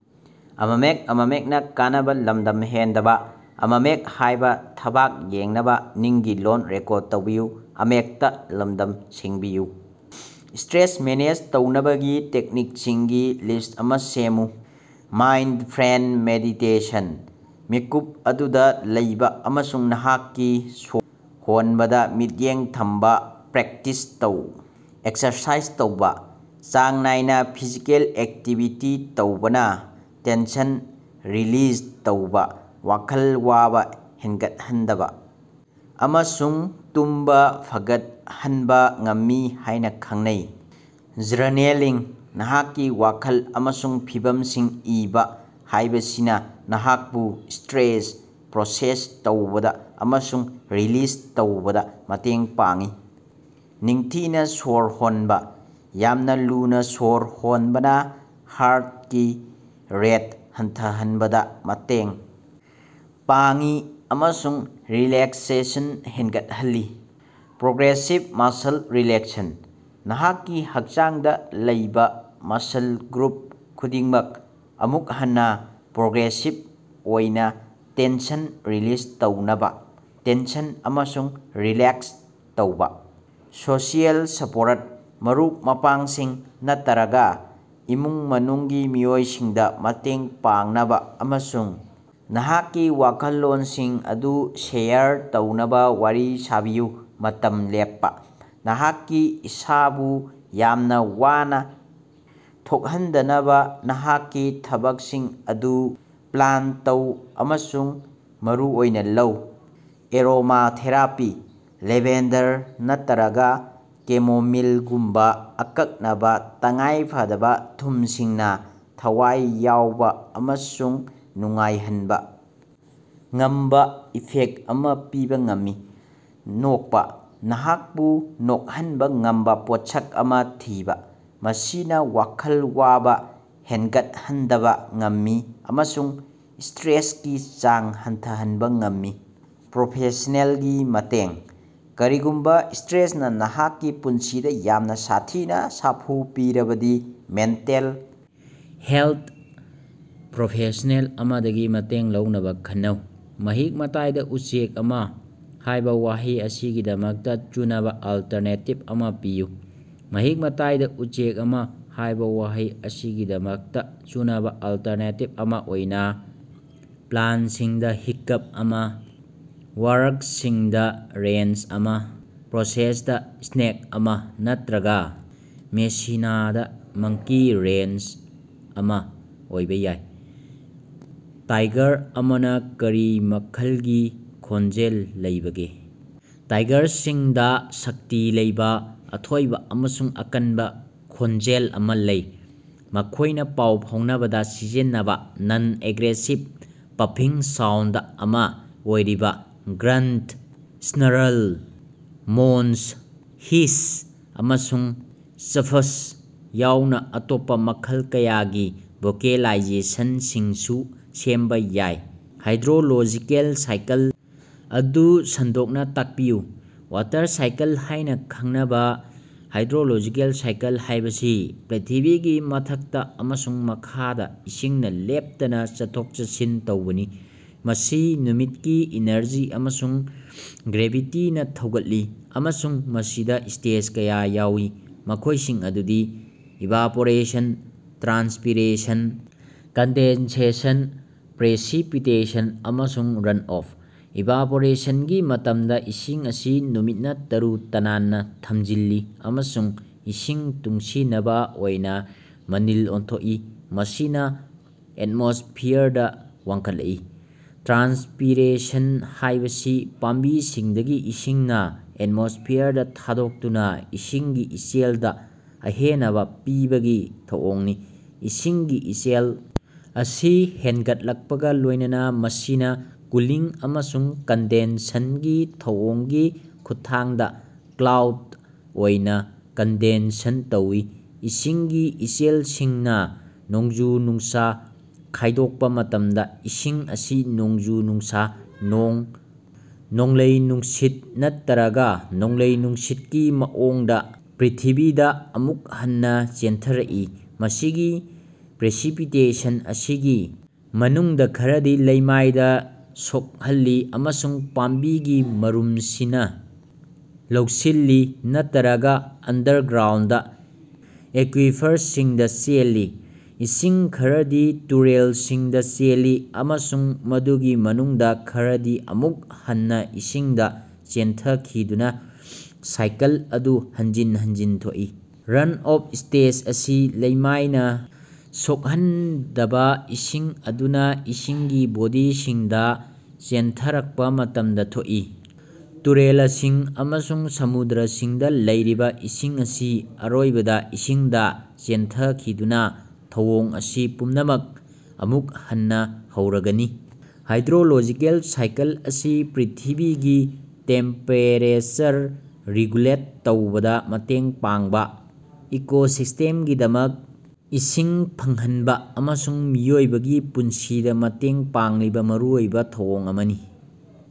Stress manage ꯇꯧꯅꯕꯒꯤ ꯇꯦꯛꯅꯤꯛꯁꯤꯡꯒꯤ list ꯑꯃ ꯁꯦꯝꯃꯨ꯫ ꯃꯥꯏꯟꯗꯐ꯭ꯔꯦꯟꯗ ꯃꯦꯗꯤꯇꯦꯁꯟ: ꯃꯤꯀꯨꯞ ꯑꯗꯨꯗ ꯂꯩꯕ ꯑꯃꯁꯨꯡ ꯅꯍꯥꯛꯀꯤ ꯁ꯭ꯋꯔ ꯍꯣꯟꯕꯗ ꯃꯤꯠꯌꯦꯡ ꯊꯝꯕ ꯄ꯭ꯔꯦꯛꯇꯤꯁ ꯇꯧ꯫ ꯑꯦꯛꯁꯔꯁꯥꯏꯖ ꯇꯧꯕꯥ: ꯆꯥꯡ ꯅꯥꯏꯅ ꯐꯤꯖꯤꯀꯦꯜ ꯑꯦꯛꯇꯤꯚꯤꯇꯤ ꯇꯧꯕꯅ ꯇꯦꯟꯁꯟ ꯔꯤꯂꯤꯖ ꯇꯧꯕ, ꯋꯥꯈꯜ ꯋꯥꯕ ꯍꯦꯡꯒꯠꯍꯟꯗꯕ ꯑꯃꯁꯨꯡ ꯇꯨꯝꯕ ꯐꯒꯠꯍꯟꯕ ꯉꯝꯃꯤ ꯍꯥꯏꯅ ꯈꯪꯅꯩ꯫ ꯖ꯭ꯔꯅꯦꯂꯤꯡ: ꯅꯍꯥꯛꯀꯤ ꯋꯥꯈꯜ ꯑꯃꯁꯨꯡ ꯐꯤꯚꯝꯁꯤꯡ ꯏꯕ ꯍꯥꯏꯕꯁꯤꯅ ꯅꯍꯥꯛꯄꯨ ꯁ꯭ꯇꯔꯦꯁ ꯄ꯭ꯔꯣꯁꯦꯁ ꯇꯧꯕꯗ ꯑꯃꯁꯨꯡ ꯔꯤꯂꯤꯖ ꯇꯧꯕꯗ ꯃꯇꯦꯡ ꯄꯥꯡꯏ꯫ ꯅꯤꯡꯊꯤꯅ ꯁ꯭ꯋꯔ ꯍꯣꯟꯕ: ꯌꯥꯝꯅ ꯂꯨꯅ ꯁ꯭ꯋꯔ ꯍꯣꯟꯕꯅ ꯍꯥꯔꯠꯀꯤ ꯔꯦꯠ ꯍꯟꯊꯍꯟꯕꯗ ꯃꯇꯦꯡ ꯄꯥꯡꯏ ꯑꯃꯁꯨꯡ ꯔꯤꯂꯦꯛꯁꯦꯁꯟ ꯍꯦꯡꯒꯠꯍꯜꯂꯤ꯫ ꯄ꯭ꯔꯣꯒ꯭ꯔꯦꯁꯤꯚ ꯃꯁꯜ ꯔꯤꯂꯦꯛꯁꯟ: ꯅꯍꯥꯛꯀꯤ ꯍꯛꯆꯥꯡꯗ ꯂꯩꯕ ꯃꯁꯜ ꯒ꯭ꯔꯨꯞ ꯈꯨꯗꯤꯡꯃꯛ, ꯑꯃꯨꯛ ꯍꯟꯅ, ꯄ꯭ꯔꯣꯒ꯭ꯔꯦꯁꯤꯚ ꯑꯣꯏꯅ ꯇꯦꯟꯁꯟ ꯔꯤꯂꯤꯖ ꯇꯧꯅꯕ, ꯇꯦꯟꯁꯟ ꯑꯃꯁꯨꯡ ꯔꯤꯂꯦꯛꯁ ꯇꯧꯕ꯫ ꯁꯣꯁꯤꯑꯦꯜ ꯁꯄꯣꯔꯠ: ꯃꯔꯨꯞ-ꯃꯄꯥꯡꯁꯤꯡ ꯅꯠꯇꯔꯒ ꯏꯃꯨꯡ-ꯃꯅꯨꯡꯒꯤ ꯃꯤꯑꯣꯏꯁꯤꯡꯗ ꯃꯇꯦꯡ ꯄꯥꯡꯅꯕ ꯑꯃꯁꯨꯡ ꯅꯍꯥꯛꯀꯤ ꯋꯥꯈꯜꯂꯣꯟꯁꯤꯡ ꯑꯗꯨ ꯁꯦꯌꯔ ꯇꯧꯅꯕ ꯋꯥꯔꯤ ꯁꯥꯕꯤꯌꯨ꯫ ꯃꯇꯝ ꯂꯦꯞꯄ: ꯅꯍꯥꯛꯀꯤ ꯏꯁꯥꯕꯨ ꯌꯥꯝꯅ ꯋꯥꯅ ꯊꯣꯛꯍꯟꯗꯅꯕ ꯅꯍꯥꯛꯀꯤ ꯊꯕꯛꯁꯤꯡ ꯑꯗꯨ ꯄ꯭ꯂꯥꯟ ꯇꯧ ꯑꯃꯁꯨꯡ ꯃꯔꯨꯑꯣꯏꯅ ꯂꯧ꯫ ꯑꯦꯔꯣꯃꯥꯊꯦꯔꯥꯄꯤ: ꯂꯦꯚꯦꯟꯗꯔ ꯅꯠꯇꯔꯒ ꯀꯦꯃꯣꯃꯤꯜꯒꯨꯝꯕꯥ ꯑꯀꯛꯅꯕ ꯇꯉꯥꯏꯐꯗꯕ ꯊꯨꯝꯁꯤꯡꯅ ꯊꯋꯥꯏ ꯌꯥꯎꯕ ꯑꯃꯁꯨꯡ ꯅꯨꯡꯉꯥꯏꯍꯟꯕ ꯉꯝꯕ ꯏꯐꯦꯛ ꯑꯃ ꯄꯤꯕ ꯉꯝꯃꯤ꯫ ꯅꯣꯛꯄ: ꯅꯍꯥꯛꯄꯨ ꯅꯣꯛꯍꯟꯕ ꯉꯝꯕ ꯄꯣꯠꯁꯛ ꯑꯃꯥ ꯊꯤꯕ; ꯃꯁꯤꯅ ꯋꯥꯈꯜ ꯋꯥꯕ ꯍꯦꯟꯒꯠꯍꯟꯗꯕ ꯉꯝꯃꯤ ꯑꯃꯁꯨꯡ ꯁ꯭ꯇꯔꯦꯁꯀꯤ ꯆꯥꯡ ꯍꯟꯊꯍꯟꯕ ꯉꯝꯃꯤ꯫ ꯄ꯭ꯔꯣꯐꯦꯁꯅꯦꯜꯒꯤ ꯃꯇꯦꯡ: ꯀꯔꯤꯒꯨꯝꯕ ꯁ꯭ꯇꯔꯦꯁꯅ ꯅꯍꯥꯛꯀꯤ ꯄꯨꯟꯁꯤꯗ ꯌꯥꯝꯅ ꯁꯥꯊꯤꯅ ꯁꯥꯐꯨ ꯄꯤꯔꯕꯗꯤ, ꯃꯦꯟꯇꯦꯜ ꯍꯦꯜꯊ ꯄ꯭ꯔꯣꯐꯦꯁꯅꯦꯜ ꯑꯃꯗꯒꯤ ꯃꯇꯦꯡ ꯂꯧꯅꯕ ꯈꯟꯅꯧ꯫ "ꯃꯍꯤꯛ-ꯃꯇꯥꯏꯗ ꯎꯆꯦꯛ ꯑꯃ" ꯍꯥꯏꯕ ꯋꯥꯍꯩ ꯑꯁꯤꯒꯤꯗꯃꯛꯇ ꯆꯨꯅꯕ ꯑꯜꯇꯔꯅꯦꯇꯤꯚ ꯑꯃ ꯄꯤꯌꯨ꯫ "ꯃꯍꯤꯛ-ꯃꯇꯥꯏꯗꯥ ꯎꯆꯦꯛ ꯑꯃ" ꯍꯥꯏꯕ ꯋꯥꯍꯩ ꯑꯁꯤꯒꯤꯗꯃꯛꯇ ꯆꯨꯅꯕ ꯑꯜꯇꯔꯅꯦꯇꯤꯚ ꯑꯃ ꯑꯣꯏꯅ "ꯄ꯭ꯂꯥꯟꯁꯤꯡꯗ ꯍꯤꯛꯀꯞ ꯑꯃꯥ", "ꯋꯥꯔꯛꯁꯤꯡꯗ ꯔꯦꯟꯆ ꯑꯃ", "ꯄ꯭ꯔꯣꯁꯦꯁꯇ ꯁ꯭ꯅꯦꯒ ꯑꯃ" ꯅꯠꯇꯔꯒ ""ꯃꯦꯁꯤꯅꯗꯥ ꯃꯪꯀꯤ ꯔꯦꯟꯆ ꯑꯃꯥ" ꯑꯣꯏꯕ ꯌꯥꯏ꯫ ꯇꯥꯏꯒꯔ ꯑꯃꯅ ꯀꯔꯤ ꯃꯈꯜꯒꯤ ꯈꯣꯟꯖꯦꯜ ꯂꯩꯕꯒꯦ? ꯇꯥꯏꯒꯔꯁꯤꯡꯗ ꯁꯛꯇꯤ ꯂꯩꯕ, ꯑꯊꯣꯏꯕ ꯑꯃꯁꯨꯡ ꯑꯀꯟꯕ ꯈꯣꯟꯖꯦꯜ ꯑꯃ ꯂꯩ꯫ ꯃꯈꯣꯏꯅ ꯄꯥꯎ ꯐꯥꯎꯅꯕꯗ ꯁꯤꯖꯤꯟꯅꯕ ꯅꯟ-ꯑꯦꯒ꯭ꯔꯦꯁꯤꯚ ꯄꯐꯤꯡ ꯁꯥꯎꯟꯗ ꯑꯃ ꯑꯣꯏꯔꯤꯕ ꯒ꯭ꯔꯟꯠ, ꯁ꯭ꯅꯥꯔꯜ, ꯃꯣꯟꯁ, ꯍꯤꯁ, ꯑꯃꯁꯨꯡ ꯆ꯭ꯐꯁ ꯌꯥꯎꯅ ꯑꯇꯣꯞꯄ ꯃꯈꯜ ꯀꯌꯥꯒꯤ ꯚꯣꯀꯦꯂꯥꯏꯖꯦꯁꯟꯁꯤꯡꯁꯨ ꯁꯦꯝꯕ ꯌꯥꯏ꯫ ꯍꯥꯏꯗ꯭ꯔꯣꯂꯣꯖꯤꯀꯦꯜ ꯁꯥꯏꯀꯜ ꯑꯗꯨ ꯁꯟꯗꯣꯛꯅ ꯇꯥꯛꯄꯤꯌꯨ꯫ ꯋꯥꯇꯔ ꯁꯥꯏꯀꯜ ꯍꯥꯏꯅ ꯈꯪꯅꯕ ꯍꯥꯏꯗ꯭ꯔꯣꯂꯣꯖꯤꯀꯦꯜ ꯁꯥꯏꯀꯜ ꯍꯥꯏꯕꯁꯤ ꯄ꯭ꯔꯤꯊꯤꯕꯤꯒꯤ ꯃꯊꯛꯇ ꯑꯃꯁꯨꯡ ꯃꯈꯥꯗ ꯏꯁꯤꯡꯅ ꯂꯦꯞꯇꯅ ꯆꯠꯊꯣꯛ-ꯆꯠꯁꯤꯟ ꯇꯧꯕꯅꯤ꯫ ꯃꯁꯤ ꯅꯨꯃꯤꯠꯀꯤ ꯏꯅ꯭ꯔꯖꯤ ꯑꯃꯁꯨꯡ ꯒ꯭ꯔꯦꯚꯤꯇꯤꯅ ꯊꯧꯒꯠꯂꯤ, ꯑꯃꯁꯨꯡ ꯃꯁꯤꯗ ꯁ꯭ꯇꯦꯖ ꯀꯌꯥ ꯌꯥꯎꯏ, ꯃꯈꯣꯏꯁꯤꯡ ꯑꯗꯨꯗꯤ: ꯏꯚꯥꯄꯣꯔꯦꯁꯟ, ꯇ꯭ꯔꯥꯟꯁꯄꯤꯔꯦꯁꯟ, ꯀꯟꯗꯦꯟꯁꯦꯁꯟ, ꯄ꯭ꯔꯦꯁꯤꯄꯤꯇꯦꯁꯟ, ꯑꯃꯁꯨꯡ ꯔꯟꯑꯣꯐ꯫ ꯏꯚꯥꯄꯣꯔꯦꯁꯟꯒꯤ ꯃꯇꯝꯗ ꯏꯁꯤꯡ ꯑꯁꯤ ꯅꯨꯃꯤꯠꯅ ꯇꯔꯨ-ꯇꯅꯥꯟꯅ ꯊꯝꯖꯤꯜꯂꯤ ꯑꯃꯁꯨꯡ ꯏꯁꯤꯡ ꯇꯨꯡꯁꯤꯅꯕ ꯑꯣꯏꯅ ꯃꯅꯤꯜ ꯑꯣꯟꯊꯣꯛꯏ, ꯃꯁꯤꯅꯥ ꯑꯦꯠꯃꯣꯁ꯭ꯐꯤꯌꯔꯗ ꯋꯥꯡꯈꯠꯂꯛꯏ꯫ ꯇ꯭ꯔꯥꯟꯁꯄꯤꯔꯦꯁꯟ ꯍꯥꯏꯕꯁꯤ ꯄꯥꯝꯕꯤꯁꯤꯡꯗꯒꯤ ꯏꯁꯤꯡꯅ ꯑꯦꯠꯃꯣꯁ꯭ꯐꯤꯌꯔꯗ ꯊꯥꯗꯣꯛꯇꯨꯅ ꯏꯁꯤꯡꯒꯤ ꯏꯆꯦꯜꯗ ꯑꯍꯦꯅꯕ ꯄꯤꯕꯒꯤ ꯊꯧꯑꯣꯡꯅꯤ꯫ ꯏꯁꯤꯡꯒꯤ ꯏꯆꯦꯜ ꯑꯁꯤ ꯍꯦꯡꯒꯠꯂꯛꯄꯒ ꯂꯣꯏꯅꯅ, ꯃꯁꯤꯅ ꯀꯨꯂꯤꯡ ꯑꯃꯁꯨꯡ ꯀꯟꯗꯦꯟꯁꯟꯒꯤ ꯊꯧꯑꯣꯡꯒꯤ ꯈꯨꯠꯊꯥꯡꯗꯥ ꯀ꯭ꯂꯥꯎꯗ ꯑꯣꯏꯅ ꯀꯟꯗꯦꯟꯁꯟ ꯇꯧꯏ꯫ ꯏꯁꯤꯡꯒꯤ ꯏꯆꯦꯜꯁꯤꯡꯅ ꯅꯣꯡꯖꯨ-ꯅꯨꯡꯁ ꯈꯥꯏꯗꯣꯛꯄ ꯃꯇꯝꯗ, ꯏꯁꯤꯡ ꯑꯁꯤ ꯅꯣꯡꯖꯨ-ꯅꯨꯡꯁ, ꯅꯣꯡ, ꯅꯣꯡꯂꯩ-ꯅꯨꯡꯁꯤꯠ ꯅꯠꯇꯔꯒ ꯅꯣꯡꯂꯩ-ꯅꯨꯡꯁꯤꯠꯀꯤ ꯃꯑꯣꯡꯗ ꯄ꯭ꯔ꯭ꯤꯊꯤꯕꯤꯗ ꯑꯃꯨꯛ ꯍꯟꯅ ꯆꯦꯟꯊꯔꯛꯏ꯫ ꯃꯁꯤꯒꯤ ꯄ꯭ꯔꯦꯁꯤꯄꯤꯇꯦꯁꯟ ꯑꯁꯤꯒꯤ ꯃꯅꯨꯡꯗ ꯈꯔꯗꯤ ꯂꯩꯃꯥꯏꯗ ꯁꯣꯛꯍꯜꯂꯤ ꯑꯃꯁꯨꯡ ꯄꯥꯝꯕꯤꯒꯤ ꯃꯔꯨꯝꯁꯤꯅꯥ ꯂꯧꯁꯤꯜꯂꯤ ꯅꯠꯇꯔꯒ ꯑꯟꯗꯔꯒ꯭ꯔꯥꯎꯟꯗ ꯑꯦꯀ꯭ꯋꯤꯐ꯭ꯔꯁꯤꯡꯗ ꯆꯦꯜꯂꯤ꯫ ꯏꯁꯤꯡ ꯈꯔꯗꯤ ꯇꯨꯔꯦꯂꯁꯤꯡꯗꯥ ꯆꯦꯜꯂꯤ, ꯑꯃꯁꯨꯡ ꯃꯗꯨꯒꯤ ꯃꯅꯨꯡꯗ ꯈꯔꯗꯤ ꯑꯃꯨꯛ ꯍꯟꯅ ꯏꯁꯤꯡꯗ ꯆꯦꯟꯊꯈꯤꯗꯨꯅ ꯁꯥꯏꯀꯜ ꯑꯗꯨ ꯍꯟꯖꯤꯟ ꯍꯟꯖꯤꯟ ꯊꯣꯛꯏ꯫ ꯔꯟꯑꯣꯐ ꯁ꯭ꯇꯦꯖ ꯑꯁꯤ ꯂꯩꯃꯥꯏꯅ ꯁꯣꯛꯍꯟꯗꯕ ꯏꯁꯤꯡ ꯑꯗꯨꯅ ꯏꯁꯤꯡꯒꯤ ꯕꯣꯗꯤꯁꯤꯡꯗ ꯆꯦꯟꯊꯔꯛꯄ ꯃꯇꯝꯗ ꯊꯣꯛꯏ꯫ ꯇꯨꯔꯦꯂꯁꯤꯡ ꯑꯃꯁꯨꯡ ꯁꯃꯨꯗ꯭ꯔꯁꯤꯡꯗ ꯂꯩꯔꯤꯕ ꯏꯁꯤꯡ ꯑꯁꯤ ꯑꯔꯣꯏꯕꯗ ꯏꯁꯤꯡꯗ ꯆꯦꯟꯊꯈꯤꯗꯨꯅ ꯊꯧꯑꯣꯡ ꯑꯁꯤ ꯄꯨꯝꯅꯃꯛ ꯑꯃꯨꯛ ꯍꯟꯅ ꯍꯧꯔꯒꯅꯤ꯫ ꯍꯥꯏꯗ꯭ꯔꯣꯂꯣꯖꯤꯀꯦꯜ ꯁꯥꯏꯀꯜ ꯑꯁꯤ ꯄ꯭ꯔꯤꯊꯤꯕꯤꯒꯤ ꯇꯦꯝꯄꯦꯔꯦꯆꯔ ꯔꯤꯒꯨꯂꯦꯠ ꯇꯧꯕꯗ ꯃꯇꯦꯡ ꯄꯥꯡꯕ, ꯏꯀꯣꯁꯤꯁ꯭ꯇꯦꯝꯒꯤꯗꯃꯛ ꯏꯁꯤꯡ ꯐꯪꯍꯟꯕ ꯑꯃꯁꯨꯡ ꯃꯤꯑꯣꯏꯕꯒꯤ ꯄꯨꯟꯁꯤꯗ ꯃꯇꯦꯡ ꯄꯥꯡꯂꯤꯕ ꯃꯔꯨꯑꯣꯏꯕ ꯊꯧꯑꯣꯡ ꯑꯃꯅꯤ꯫